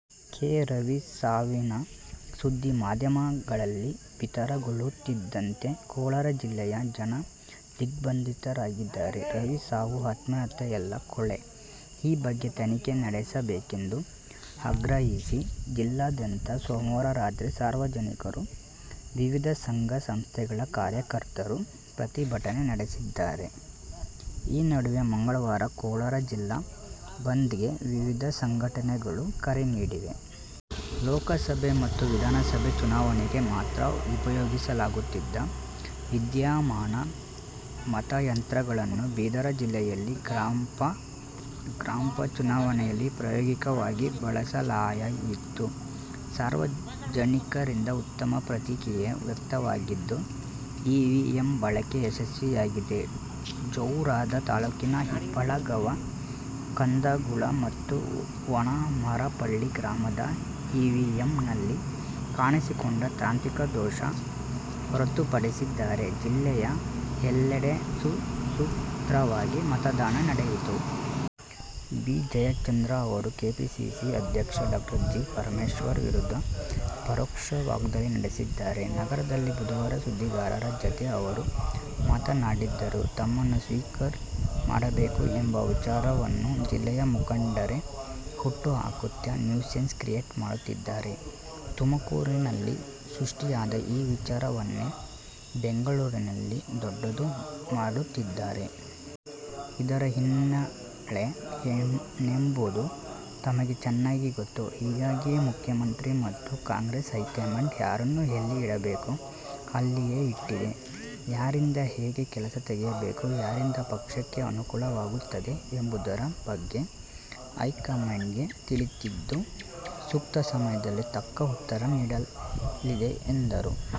K. Ravi ಸಾವಿನ ಸುದ್ದಿ ಮಾಧ್ಯಮಗಳಲ್ಲಿ ಬಿತ್ತರಗೊಳ್ಳುತ್ತಿದ್ದಂತೆ ಕೋಲಾರ ಜಿಲ್ಲೆಯ ಜನ ದಿಗ್ಭ್ರಾಂತರಾಗಿದ್ದಾರೆ. ರವಿ ಸಾವು ಆತ್ಮಹತ್ಯೆಯಲ್ಲ ಕೊಲೆ ಈ ಬಗ್ಗೆ ತನಿಖೆ ನಡೆಸಬೇಕೆಂದು ಆಗ್ರಹಿಸಿ ಜಿಲ್ಲಾದ್ಯಂತ ಸೋಮವಾರ ರಾತ್ರಿ ಸಾರ್ವಜನಿಕರು, ವಿವಿಧ ಸಂಘ ಸಂಸ್ಥೆಗಳ ಕಾರ್ಯಕರ್ತರು ಪ್ರತಿಭಟನೆ ನಡೆಸಿದ್ದಾರೆ. ಈ ನಡುವೆ ಮಂಗಳವಾರ ಕೋಲಾರ ಜಿಲ್ಲಾ ಬಂದ್ಗೆ ವಿವಿಧ ಸಂಘಟನೆಗಳು ಕರೆ ನೀಡಿವೆ. ಲೋಕಸಭೆ ಮತ್ತು ವಿಧಾನಸಭೆ ಚುನಾವಣೆಗೆ ಮಾತ್ರ ಉಪಯೋಗಿಸಲಾಗುತ್ತಿದ್ದ ವಿದ್ಯುನ್ಮಾನ ಮತಯಂತ್ರ ಗಳನ್ನು ಬೀದರ ಜಿಲ್ಲೆಯಲ್ಲಿ ಗ್ರಾಪಂ ಚುನಾವಣೆಯಲ್ಲಿ ಪ್ರಾಯೋಗಿಕವಾಗಿ ಬಳಸಲಾಯಯಿತು. ಸಾರ್ವಜನಿಕರಿಂದ ಉತ್ತಮ ಪ್ರತಿಕ್ರಿಯೆ ವ್ಯಕ್ತವಾಗಿದ್ದು, ಇವಿಎಂ ಬಳಕೆ ಯಶಸ್ವಿಯಾಗಿದೆ. ಔರಾದ ತಾಲೂಕಿನ ಹಿಪ್ಪಳಗಾಂವ ಕಂದಗೂಳ ಮತ್ತು ವನಮಾರಪಳ್ಳಿ ಗ್ರಾಮದ ಇವಿಎಂನಲ್ಲಿ ಕಾಣಿಸಿಕೊಂಡ ತಾಂತ್ರಿಕ ದೋಷ ಹೊರತುಪಡಿಸಿದರೆ ಜಿಲ್ಲೆಯ ಎಲ್ಲೆಡೆ ಸುಸೂತ್ರವಾಗಿ ಮತದಾನ ನಡೆಯಿತು. ಬಿ. ಜಯಚಂದ್ರ ಅವರು ಕೆಪಿಸಿಸಿ ಅಧ್ಯಕ್ಷ ಡಾ. ಜಿ. ಪರಮೇಶ್ವರ್ ವಿರುದ್ಧ ಪರೋಕ್ಷ ವಾಗ್ಧಾಳಿ ನಡೆಸಿದ್ದಾರೆ. ನಗರದಲ್ಲಿ ಬುಧವಾರ ಸುದ್ದಿಗಾರರ ಜತೆ ಅವರು ಮಾತನಾಡಿದರು. ತಮ್ಮನ್ನು ಸ್ಪೀಕರ್ ಮಾಡಬೇಕು ಎಂಬ ವಿಚಾರವನ್ನು ಜಿಲ್ಲೆಯ ಮುಖಂಡರೇ ಹುಟ್ಟು ಹಾಕುತ್ತಾ ನ್ಯೂಸೆನ್ಸ್ ಕ್ರಿಯೇಟ್ ಮಾಡುತ್ತಿದ್ದಾರೆ. ತುಮಕೂರಿನಲ್ಲಿ ಸೃಷ್ಟಿಯಾದ ಈ ವಿಚಾರವನ್ನೇ ಬೆಂಗಳೂರಿನಲ್ಲಿ ದೊಡ್ಡದು ಮಾಡುತ್ತಿದ್ದಾರೆ. ಇದರ ಹಿನ್ನೆಲೆ ಏನೆಂಬುದು ತಮಗೆ ಚೆನ್ನಾಗಿ ಗೊತ್ತು. ಹೀಗಾಗಿಯೇ ಮುಖ್ಯಮಂತ್ರಿ ಮತ್ತು ಕಾಂಗ್ರೆಸ್ ಹೈಕಮಾಂಡ್ ಯಾರನ್ನು ಎಲ್ಲಿ ಇಡಬೇಕೋ ಅಲ್ಲಿಯೇ ಇಟ್ಟಿದೆ. ಯಾರಿಂದ ಹೇಗೆ ಕೆಲಸ ತೆಗಿಯಬೇಕು, ಯಾರಿಂದ ಪಕ್ಷಕ್ಕೆ ಅನುಕೂಲವಾಗುತ್ತದೆ ಎಂಬುದರ ಬಗ್ಗೆ ಹೈಕಮಾಂಡ್ಗೆ ತಿಳಿದಿದ್ದು, ಸೂಕ್ತ ಸಮಯದಲ್ಲಿ ತಕ್ಕ ಉತ್ತರ ನೀಡಲಿದೆ ಎಂದರು.